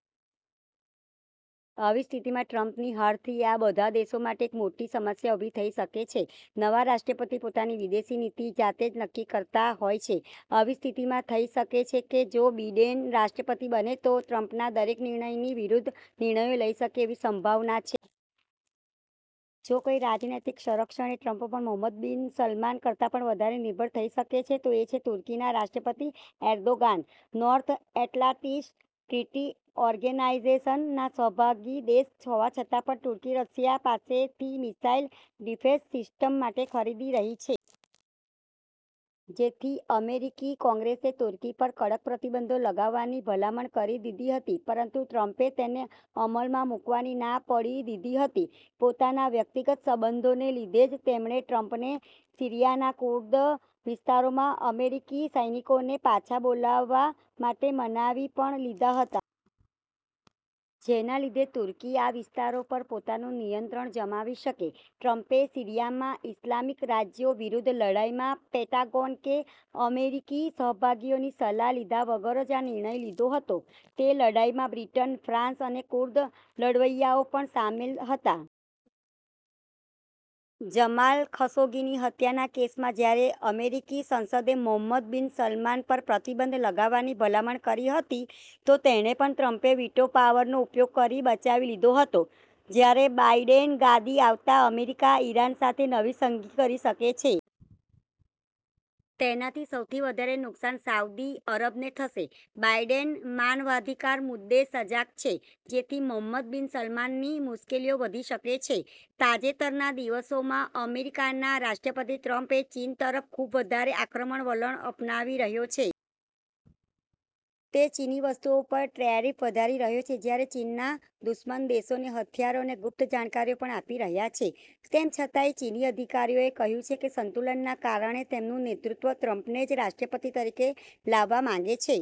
આવી સ્થિતિમાં ટ્રમ્પની હારથી આ બધા દેશો માટે એક મોટી સમસ્યા ઉભી થઈ શકે છે. નવા રાષ્ટ્રપતિ પોતાની વિદેશ નીતિ જાતે જ નક્કી કરતા હોય છે. આવી સ્થિતિમાં થઇ શકે છે કે, જો બીડેન રાષ્ટ્રપતિ બને તો ટ્રમ્પના દરેક નિર્ણયની વિરૂદ્ધ નિર્ણયો લઈ શકે એવી સંભાવના છે. જો કોઈ રાજનૈતિક સંરક્ષણ એ ટ્રમ્પ પર મોહમ્મદ બિન સલમાન કરતા પણ વધારે નિર્ભર થઇ શકે છે, તો એ છે તુર્કીના રાષ્ટ્રપતિ Erdogan. North Atlantic Treaty Organization ના સહભાગી દેશ હોવા છતાં પણ તુર્કી રશિયા પાસેથી મિસાઈલ ડિફેંસ સિસ્ટમ માટે ખરીદી રહી છે. જેથી અમેરિકી કોંગ્રેસે તુર્કી પર કડક પ્રતિબંધો લગાવવાની ભલામણ કરી દીધી હતી પરંતુ ટ્રમ્પે તેને અમલ માં મુકવાની ના પડી દીધી હતી. પોતાના વ્યક્તિગત સંબંધોને લીધે જ તેમણે ટ્રમ્પને સીરિયાના કુર્દ વિસ્તારોમાં અમેરિકી સૈનિકોને પાછા બોલાવવા માટે મનાવી પણ લીધા હતા. જેના લીધે તુર્કી આ વિસ્તારો પર પોતાનું નિયંત્રણ જમાવી શકે. ટ્રમ્પે સીરિયામાં ઈસ્લામિક રાજ્યો વિરૂદ્ધ લડાઈમાં પેંટાગોન કે અમેરિકી સહભાગીઓની સલાહ લીધા વગર જ આ નિર્ણય લીધો હતો. તે લડાઈમાં બ્રિટન, ફ્રાંસ અને કુર્દ લડવૈયાઓ પણ શામેલ હતાં. જમાલ ખશોગીની હત્યાના કેસમાં જ્યારે અમેરિકી સંસદે મોહમ્મદ બિન સલમાન પર પ્રતિબંધ લગાવવાની ભલામણ કરી હતી, તો તેને પણ ટ્રમ્પે વીટો પાવરનો ઉપયોગ કરી બચાવી લીધો હતો. જ્યારે બાઈડેન ગાદી આવતા અમેરિકા ઈરાન સાથે નવી સંધી કરી શકે છે. તેનાથી સૌથી વધારે નુકસાન સાઉદ્દી અરબને થશે. બાઈડેન માનવાધિકાર મુદ્દે સજાગ છે. જેથી મોહમ્મદ બિન સલમાનની મુશ્કેલીઓ વધી શકે છે. તાજેતરના દિવસોમાં અમેરિકાના રાષ્ટ્રપતિ ટ્રમ્પ એ ચીન તરફ ખુબ વધારે આક્રમક વલણ અપનાવી રહ્યા છે. તે ચીની વસ્તુઓ પર ટ્રેરિફ વધારી રહ્યાં છે. જ્યારે ચીનના દુશ્મન દેશોને હથિયારો અને ગુપ્ત જાણકારીઓ પણ આપી રહ્યાં છે. તેમ છતાંયે ચીની અધિકારીઓએ કહ્યું છે કે, સંતુલનના કારણે તેમનું નેતૃત્વ ટ્રમ્પને જ રાષ્ટ્રપતિ તરીકે લાવવા માંગે છે.